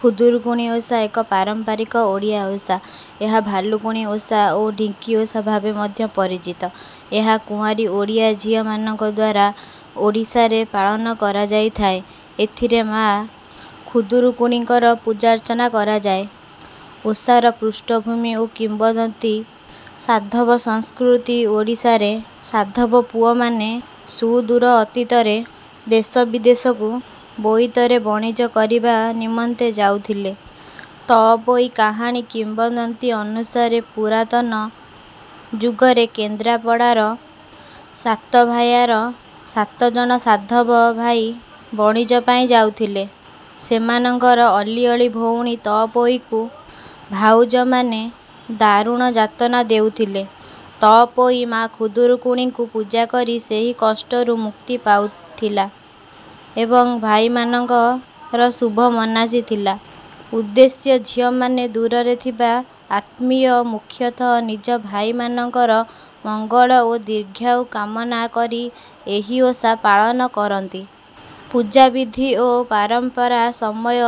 ଖୁଦୁରୁକୁଣି ଓଷା ଏକ ପାରମ୍ପାରିକ ଓଡ଼ିଆ ଓଷା। ଏହା 'ଭାଲୁକୁଣି ଓଷା' ଓ 'ଢିଙ୍କି ଓଷା' ଭାବେ ମଧ୍ୟ ପରିଚିତ। ଏହା କୁଆଁରୀ ଓଡ଼ିଆ ଝିଅମାନଙ୍କ ଦ୍ୱାରା ଓଡ଼ିଶାରେ ପାଳନ କରାଯାଇଥାଏ। ଏଥିରେ ମା' ଖୁଦୁରୁକୁଣିଙ୍କର ପୂଜା-ଅର୍ଚ୍ଚନା କରାଯାଏ। ଓଷାର ପୃଷ୍ଠଭୂମି ଓ କିମ୍ବଦନ୍ତୀ ସାଧବ ସଂସ୍କୃତି ଓଡ଼ିଶାରେ ସାଧବ ପୁଅମାନେ ସୁଦୂର ଅତୀତରେ ଦେଶବିଦେଶକୁ ବୋଇତରେ ବଣିଜ କରିବା ନିମନ୍ତେ ଯାଉଥିଲେ। ତଅପୋଇ କାହାଣୀ କିମ୍ବଦନ୍ତୀ ଅନୁସାରେ ପୁରାତନ ଯୁଗରେ କେନ୍ଦ୍ରାପଡ଼ାର ସାତଭାୟାର ସାତଜଣ ସାଧବ ଭାଇ ବଣିଜ ପାଇଁ ଯାଉଥିଲେ। ସେମାନଙ୍କର ଅଲିଅଳି ଭଉଣୀ ତଅପୋଇକୁ ଭାଉଜମାନେ ଦାରୁଣ ଯାତନା ଦେଉଥିଲେ। ତଅପୋଇ ମା' ଖୁଦୁରୁକୁଣିଙ୍କୁ ପୂଜା କରି ସେହି କଷ୍ଟରୁ ମୁକ୍ତି ପାଇଥିଲା ଏବଂ ଭାଇମାନଙ୍କର ଶୁଭ ମନାସିଥିଲା। ଉଦ୍ଦେଶ୍ୟ ଝିଅମାନେ ଦୂରରେ ଥିବା ଆତ୍ମୀୟ, ମୁଖ୍ୟତଃ ନିଜ ଭାଇମାନଙ୍କର ମଙ୍ଗଳ ଓ ଦୀର୍ଘାୟୁ କାମନା କରି ଏହି ଓଷା ପାଳନ କରନ୍ତି। ପୂଜାବିଧି ଓ ପରମ୍ପରାସମୟ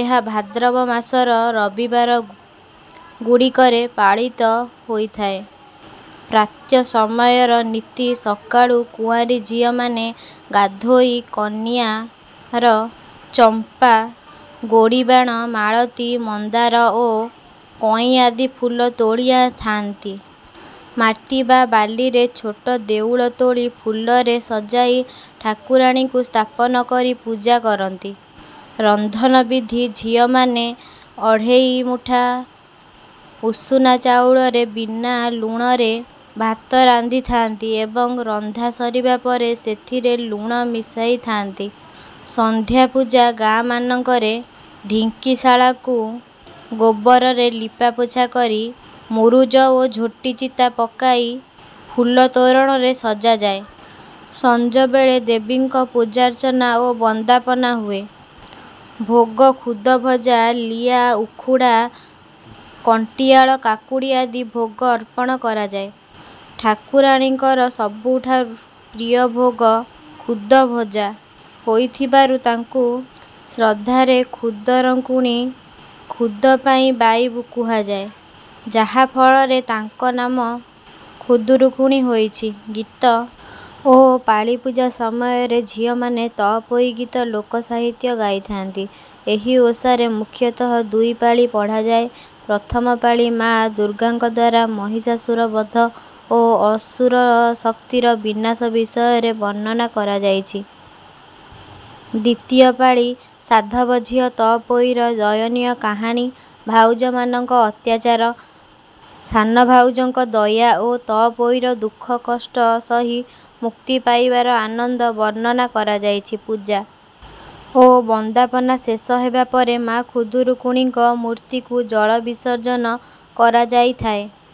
ଏହା ଭାଦ୍ରବ ମାସର ରବିବାରଗୁଡ଼ିକରେ ପାଳିତ ହୋଇଥାଏ। ପ୍ରାତଃ ସମୟର ନୀତି ସକାଳୁ କୁଆଁରୀ ଝିଅମାନେ ଗାଧୋଇ କନିଅର, ଚମ୍ପା, ଗୋଡ଼ିବାଣ, ମାଳତୀ, ମନ୍ଦାର ଓ କଇଁ ଆଦି ଫୁଲ ତୋଳିଥାନ୍ତି। ମାଟି ବା ବାଲିରେ ଛୋଟ ଦେଉଳ ତୋଳି, ଫୁଲରେ ସଜାଇ ଠାକୁରାଣୀଙ୍କୁ ସ୍ଥାପନ କରି ପୂଜା କରନ୍ତି। ରନ୍ଧନ ବିଧି ଝିଅମାନେ ଅଢ଼େଇ ମୁଠା ଉଷୁନା ଚାଉଳରେ ବିନା ଲୁଣରେ ଭାତ ରାନ୍ଧିଥାନ୍ତି ଏବଂ ରନ୍ଧା ସରିବା ପରେ ସେଥିରେ ଲୁଣ ମିଶାଇଥାନ୍ତି। ସନ୍ଧ୍ୟା ପୂଜା ଗାଁମାନଙ୍କରେ ଢିଙ୍କିଶାଳକୁ ଗୋବରରେ ଲିପାପୋଛା କରି, ମୁରୁଜ ଓ ଝୋଟି ଚିତା ପକାଇ, ଫୁଲ ତୋରଣରେ ସଜାଯାଏ। ସଞ୍ଜବେଳେ ଦେବୀଙ୍କର ପୂଜାର୍ଚ୍ଚନା ଓ ବନ୍ଦାପନା ହୁଏ। ଭୋଗ ଖୁଦ ଭଜା, ଲିଆ, ଉଖୁଡ଼ା, କଣ୍ଟିଆଳି କାକୁଡ଼ି ଆଦି ଭୋଗ ଅର୍ପଣ କରାଯାଏ। ଠାକୁରାଣୀଙ୍କର ସବୁଠାରୁ ପ୍ରିୟ ଭୋଗ 'ଖୁଦଭଜା' ହୋଇଥିବାରୁ ତାଙ୍କୁ ଶ୍ରଦ୍ଧାରେ ଖୁଦରଙ୍କୁଣି, ଖୁଦ ପାଇଁ ବାଇ କୁହାଯାଏ, ଯାହାଫଳରେ ତାଙ୍କ ନାମ 'ଖୁଦୁରୁକୁଣି' ହୋଇଛି। ଗୀତ ଓ ପାଳି ପୂଜା ସମୟରେ ଝିଅମାନେ 'ତଅପୋଇ ଗୀତ' ଲୋକସାହିତ୍ୟ ଗାଇଥାନ୍ତି। ଏହି ଓଷାରେ ମୁଖ୍ୟତଃ ଦୁଇଟି ପାଳି ପଢ଼ାଯାଏ। ପ୍ରଥମ ପାଳି ମା' ଦୁର୍ଗାଙ୍କ ଦ୍ୱାରା ମହିଷାସୁର ବଧ ଓ ଅସୁର ଶକ୍ତିର ବିନାଶ ବିଷୟରେ ବର୍ଣ୍ଣନା କରାଯାଇଛି। ଦ୍ୱିତୀୟ ପାଳି ସାଧବ ଝିଅ ତଅପୋଇର ଦୟନୀୟ କାହାଣୀ, ଭାଉଜମାନଙ୍କ ଅତ୍ୟାଚାର, ସାନ ଭାଉଜଙ୍କ ଦୟା ଓ ତଅପୋଇର ଦୁଃଖକଷ୍ଟ ସହି ମୁକ୍ତି ପାଇବାର ଆନନ୍ଦ ବର୍ଣ୍ଣନା କରାଯାଇଛି। ପୂଜା ଓ ବନ୍ଦାପନା ଶେଷ ହେବା ପରେ ମା' ଖୁଦୁରୁକୁଣିଙ୍କ ମୂର୍ତ୍ତିକୁ ଜଳ-ବିସର୍ଜନ କରାଯାଇଥାଏ।